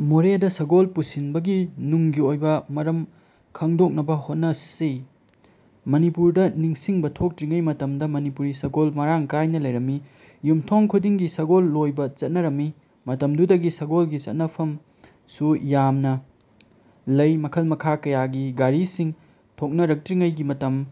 ꯃꯣꯔꯦꯗ ꯁꯒꯣꯜ ꯄꯨꯁꯤꯟꯕꯒꯤ ꯅꯨꯡꯒꯤ ꯑꯣꯏꯕ ꯃꯔꯝ ꯈꯪꯗꯣꯛꯅꯕ ꯍꯣꯠꯅꯁꯤ꯫ ꯃꯅꯤꯄꯨꯔꯗ ꯅꯤꯡꯁꯤꯡꯕ ꯊꯣꯛꯇ꯭ꯔꯤꯉꯩ ꯃꯇꯝꯗ ꯃꯅꯤꯄꯨꯔꯤ ꯁꯒꯣꯜ ꯃꯔꯥꯡ ꯀꯥꯏꯅ ꯂꯩꯔꯝꯃꯤ꯫ ꯌꯨꯝꯊꯣꯡ ꯈꯨꯗꯤꯡꯒꯤ ꯁꯒꯣꯜ ꯂꯣꯏꯕ ꯆꯠꯅꯔꯝꯃꯤ꯫ ꯃꯇꯝꯗꯨꯗꯗꯤ ꯁꯒꯣꯜꯒꯤ ꯆꯟꯅꯐꯝꯁꯨ ꯌꯥꯝꯅ ꯂꯩ꯫ ꯃꯈꯜ ꯃꯈꯥ ꯀꯌꯥꯒꯤ ꯒꯥꯔꯤꯁꯤꯡ ꯊꯣꯛꯅꯔꯛꯇ꯭ꯔꯤꯉꯩꯒꯤ ꯃꯇꯝ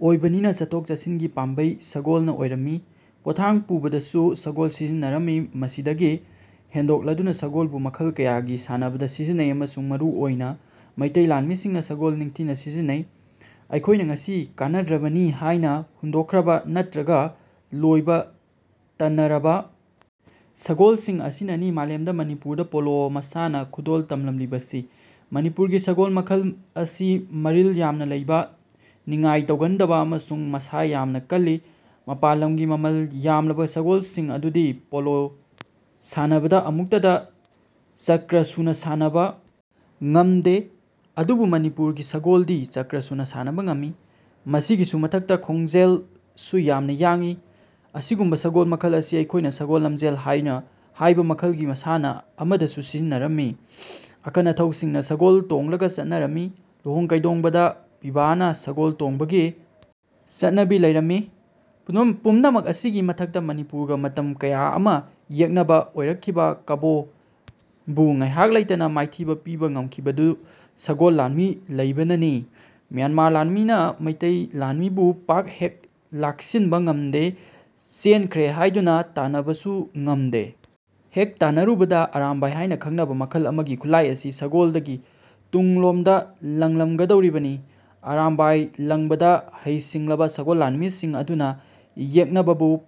ꯑꯣꯏꯕꯅꯤꯅ ꯆꯠꯊꯣꯛ ꯆꯠꯁꯤꯟꯒꯤ ꯄꯥꯝꯕꯩ ꯁꯒꯣꯜꯅ ꯑꯣꯏꯔꯝꯃꯤ꯫ ꯄꯣꯠꯊꯥꯡ ꯄꯨꯕꯗꯁꯨ ꯁꯒꯣꯜ ꯁꯤꯖꯤꯟꯅꯔꯝꯃꯤ꯫ ꯃꯁꯤꯗꯒꯤ ꯍꯦꯟꯗꯣꯛꯂꯗꯨꯅ ꯁꯒꯣꯜꯕꯨ ꯃꯈꯜ ꯀꯌꯥꯒꯤ ꯃꯁꯥꯟꯅꯗ ꯁꯤꯖꯤꯟꯅꯩ ꯑꯃꯁꯨꯡ ꯃꯔꯨ ꯑꯣꯏꯅ ꯃꯩꯇꯩ ꯂꯥꯟꯃꯤꯁꯤꯡꯅ ꯁꯒꯣꯜ ꯅꯤꯡꯊꯤꯅ ꯁꯤꯖꯤꯟꯅꯩ꯫ ꯑꯩꯈꯣꯏꯅ ꯉꯁꯤ ꯀꯥꯟꯅꯗ꯭ꯔꯕꯅꯤ ꯍꯥꯏꯅ ꯍꯨꯟꯗꯣꯛꯈ꯭ꯔꯕ ꯅꯠꯇ꯭ꯔꯒ ꯂꯣꯏꯕ ꯇꯟꯅꯔꯕ ꯁꯒꯣꯜꯁꯤꯡ ꯑꯁꯤꯅꯅꯤ ꯃꯥꯂꯦꯝꯗ ꯃꯅꯤꯄꯨꯔꯗ ꯄꯣꯂꯣ ꯃꯁꯥꯟꯅ ꯈꯨꯗꯣꯜ ꯇꯝꯂꯝꯂꯤꯕꯁꯤ꯫ ꯃꯅꯤꯄꯨꯔꯒꯤ ꯁꯒꯣꯜ ꯃꯈꯜ ꯑꯁꯤ ꯃꯔꯤꯜ ꯌꯥꯝꯅ ꯂꯩꯕ, ꯅꯤꯡꯉꯥꯏ ꯇꯧꯒꯟꯗꯕ ꯑꯃꯁꯨꯡ ꯃꯁꯥ ꯌꯥꯝꯅ ꯀꯜꯂꯤ꯫ ꯃꯄꯥꯟ ꯂꯝꯒꯤ ꯃꯃꯜ ꯌꯥꯝꯂꯕ ꯁꯒꯣꯜꯁꯤꯡ ꯑꯗꯨꯗꯤ ꯄꯣꯂꯣ ꯁꯥꯟꯅꯕꯗ ꯑꯃꯨꯛꯇꯗ ꯆꯀ꯭ꯔꯥ ꯁꯨꯅꯕ ꯁꯥꯟꯅꯕ ꯉꯝꯗꯦ꯫ ꯑꯗꯨꯕꯨ ꯃꯅꯤꯄꯨꯔꯒꯤ ꯁꯒꯣꯜꯗꯤ ꯆꯀ꯭ꯔꯥ ꯁꯨꯅ ꯁꯥꯟꯅꯕ ꯉꯝꯃꯤ꯫ ꯃꯁꯤꯒꯤꯁꯨ ꯃꯊꯛꯇ ꯈꯣꯡꯖꯦꯜꯁꯨ ꯌꯥꯝꯅ ꯌꯥꯡꯏ꯫ ꯑꯁꯤꯒꯨꯝꯕ ꯁꯒꯣꯜ ꯃꯈꯜ ꯑꯁꯤ ꯑꯩꯈꯣꯏꯅ ꯁꯒꯣꯜ ꯂꯝꯖꯦꯜ ꯍꯥꯢꯅꯥ ꯍꯥꯏꯕ ꯃꯈꯜꯒꯤ ꯃꯁꯥꯟꯅ ꯑꯃꯗꯁꯨ ꯁꯤꯖꯤꯟꯅꯔꯝꯃꯤ꯫ ꯑꯀꯟ-ꯑꯊꯧꯁꯤꯡꯅ ꯁꯒꯣꯜ ꯇꯣꯡꯂꯒ ꯆꯠꯅꯔꯝꯃꯤ꯫ ꯂꯨꯍꯣꯡ-ꯀꯩꯗꯣꯡꯕꯗ ꯄꯤꯕꯥꯅ ꯁꯒꯣꯜ ꯇꯣꯡꯕꯒꯤ ꯆꯠꯅꯕꯤ ꯂꯩꯔꯝꯃꯤ꯫ ꯄꯨꯝꯅꯃꯛ ꯄꯨꯝꯅꯃꯛ ꯑꯁꯤꯒꯤ ꯃꯊꯛꯇ ꯃꯅꯤꯄꯨꯔꯒ ꯃꯇꯝ ꯀꯌꯥ ꯑꯃ ꯌꯦꯛꯅꯕ ꯑꯣꯏꯔꯛꯈꯤꯕ ꯀꯕꯣ ꯕꯨ ꯉꯥꯏꯍꯥꯛ ꯂꯩꯇꯅ ꯃꯥꯏꯊꯤꯕ ꯄꯤꯕ ꯉꯝꯈꯤꯕꯗꯨ ꯁꯒꯣꯜ ꯂꯥꯟꯃꯤ ꯂꯩꯕꯅꯅꯤ꯫ ꯃ꯭ꯌꯥꯟꯃꯥꯔ ꯂꯥꯟꯃꯤꯅ ꯃꯩꯇꯩ ꯂꯥꯟꯃꯤꯕꯨ ꯄꯥꯛ ꯍꯦꯛ ꯂꯥꯛꯁꯤꯟꯕ ꯉꯝꯗꯦ, ꯆꯦꯟꯈ꯭ꯔꯦ ꯍꯥꯏꯗꯨꯅ ꯇꯥꯟꯅꯕꯁꯨ ꯉꯝꯗꯦ꯫ ꯍꯦꯛ ꯇꯥꯟꯅꯔꯨꯕꯗ ꯑꯔꯥꯝꯕꯥꯏ ꯍꯥꯏꯅ ꯈꯪꯅꯕ ꯃꯈꯜ ꯑꯃꯒꯤ ꯈꯨꯠꯂꯥꯏ ꯑꯁꯤ ꯁꯒꯣꯜꯗꯒꯤ ꯇꯨꯡꯂꯣꯝꯗ ꯂꯪꯂꯝꯒꯗꯧꯔꯤꯕꯅꯤ꯫ ꯑꯔꯥꯝꯕꯥꯏ ꯂꯪꯕꯗ ꯍꯩ-ꯁꯤꯡꯂꯕ ꯁꯒꯣꯜ ꯂꯥꯟꯃꯤꯁꯤꯡ ꯑꯗꯨꯅ ꯌꯦꯛꯅꯕꯕꯨ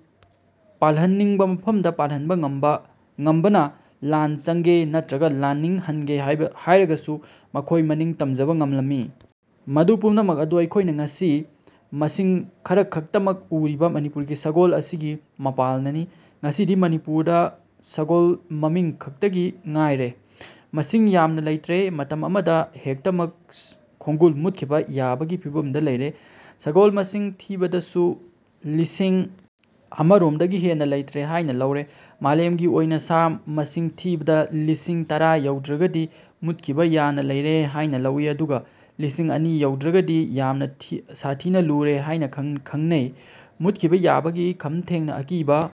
ꯄꯥꯜꯍꯟꯅꯤꯡꯕ ꯃꯐꯝꯗ ꯄꯥꯜꯍꯟꯕ ꯉꯝꯕꯥ ꯉꯝꯕꯅ ꯂꯥꯟ ꯆꯪꯒꯦ ꯅꯠꯇ꯭ꯔꯒ ꯂꯥꯟꯅꯤꯡ ꯍꯟꯒꯦ ꯍꯥꯢꯕ ꯍꯥꯏꯔꯒꯁꯨ ꯃꯈꯣꯏ ꯃꯅꯤꯡ ꯇꯝꯖꯕ ꯉꯝꯂꯝꯃꯤ꯫ ꯃꯗꯨ ꯄꯨꯝꯅꯃꯛ ꯑꯗꯨ ꯑꯩꯈꯣꯏꯅ ꯉꯁꯤ ꯃꯁꯤꯡ ꯈꯔꯈꯛꯇꯃꯛ ꯎꯔꯤꯕ ꯃꯅꯤꯄꯨꯔꯒꯤ ꯁꯒꯣꯜ ꯑꯁꯤꯒꯤ ꯃꯄꯥꯜꯅꯅꯤ꯫ ꯉꯁꯤꯗꯤ ꯃꯅꯤꯄꯨꯔꯗ ꯁꯒꯣꯜ ꯃꯃꯤꯡ ꯈꯛꯇꯒꯤ ꯉꯥꯏꯔꯦ꯫ ꯃꯁꯤꯡ ꯌꯥꯝꯅ ꯂꯩꯇ꯭ꯔꯦ꯫ ꯃꯇꯝ ꯑꯃꯗ ꯍꯦꯛꯇꯃꯛ ꯈꯣꯡꯒꯨꯜ ꯃꯨꯠꯈꯤꯕ ꯌꯥꯕꯒꯤ ꯐꯤꯚꯝꯗ ꯂꯩꯔꯦ꯫ ꯁꯒꯣꯜ ꯃꯁꯤꯡ ꯊꯤꯕꯗꯁꯨ ꯂꯤꯁꯤꯡ ꯑꯃ ꯔꯣꯝꯗꯒꯤ ꯍꯦꯟꯅ ꯂꯩꯇ꯭ꯔꯦ ꯍꯥꯏꯅ ꯂꯧꯔꯦ꯫ ꯃꯥꯂꯦꯝꯒꯤ ꯑꯣꯏꯅ ꯁꯥ ꯃꯁꯤꯡ ꯊꯤꯕꯗ ꯂꯤꯁꯤꯡ ꯇꯔꯥ ꯌꯧꯗ꯭ꯔꯒꯗꯤ ꯃꯨꯠꯈꯤꯕ ꯌꯥꯅ ꯂꯩꯔꯦ ꯍꯥꯏꯅ ꯂꯧꯏ꯫ ꯑꯗꯨꯒ ꯂꯤꯁꯤꯡ ꯑꯅꯤ ꯌꯧꯗ꯭ꯔꯒꯗꯤ ꯌꯥꯝ ꯁꯥꯊꯤꯅ ꯂꯨꯔꯦ ꯍꯥꯏꯅ ꯈꯪꯅꯩ꯫ ꯃꯨꯠꯈꯤꯕ ꯌꯥꯕꯒꯤ ꯈꯝ ꯊꯦꯡꯅ ꯑꯀꯤꯕ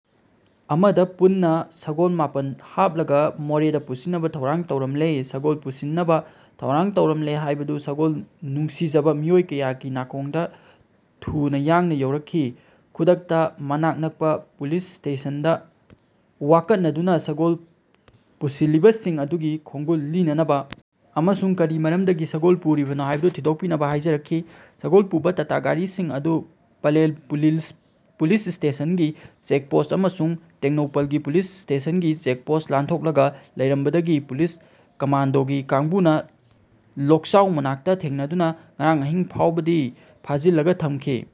ꯑꯃꯗ ꯄꯨꯟꯅ ꯁꯒꯣꯜ ꯃꯥꯄꯟ ꯍꯥꯞꯂꯒ ꯃꯣꯔꯦꯗ ꯄꯨꯁꯤꯟꯅꯕ ꯊꯧꯔꯥꯡ ꯇꯧꯔꯝꯂꯦ꯫ ꯁꯒꯣꯜ ꯄꯨꯁꯤꯟꯅꯕ ꯊꯧꯔꯥꯡ ꯇꯧꯔꯝꯂꯦ ꯍꯥꯏꯕꯗꯨ ꯁꯒꯣꯜ ꯅꯨꯡꯁꯤꯖꯕ ꯃꯤꯑꯣꯏ ꯀꯌꯥꯒꯤ ꯅꯥꯀꯣꯡꯗ ꯊꯨꯅ ꯌꯥꯡꯅ ꯌꯧꯔꯛꯈꯤ꯫ ꯈꯨꯗꯛꯇ ꯃꯅꯥꯛ ꯅꯛꯄ ꯄꯨꯂꯤꯁ ꯁ꯭ꯇꯦꯁꯟꯗ ꯋꯥꯀꯠꯅꯗꯨꯅ ꯁꯒꯣꯜ ꯄꯨꯁꯤꯜꯂꯤꯕꯁꯤꯡ ꯑꯗꯨꯒꯤ ꯈꯣꯡꯒꯨꯜ ꯂꯤꯅꯅꯕ ꯑꯃꯁꯨꯡ ꯀꯔꯤ ꯃꯔꯝꯗꯒꯤ ꯁꯒꯣꯜ ꯄꯨꯔꯤꯕꯅꯣ ꯍꯥꯏꯕꯗꯨ ꯊꯤꯗꯣꯛꯄꯤꯅꯕ ꯍꯥꯏꯖꯔꯛꯈꯤ꯫ ꯁꯒꯣꯜ ꯄꯨꯕ ꯇꯇꯥ ꯒꯥꯔꯤꯁꯤꯡ ꯑꯗꯨ ꯄꯂꯦꯜ ꯄꯨꯂꯤꯁ ꯁ꯭ꯇꯦꯁꯟꯒꯤ ꯆꯦꯛ ꯄꯣꯁꯠ ꯑꯃꯁꯨꯡ ꯇꯦꯡꯅꯧꯄꯜꯒꯤ ꯄꯨꯂꯤꯁ ꯁ꯭ꯇꯦꯁꯟꯒꯤ ꯆꯦꯛ ꯄꯣꯁꯠ ꯂꯥꯟꯊꯣꯛꯂꯒ ꯂꯩꯔꯝꯕꯗꯒꯤ ꯄꯨꯂꯤꯁ ꯀꯝꯃꯥꯟꯗꯣꯒꯤ ꯀꯥꯡꯕꯨꯅ ꯂꯣꯛꯆꯥꯎ ꯃꯅꯥꯛꯇ ꯊꯦꯡꯅꯗꯨꯅ ꯉꯔꯥꯡ ꯑꯍꯤꯡ ꯐꯥꯎꯕꯗꯤ ꯐꯥꯖꯤꯜꯂꯒ ꯊꯝꯈꯤ꯫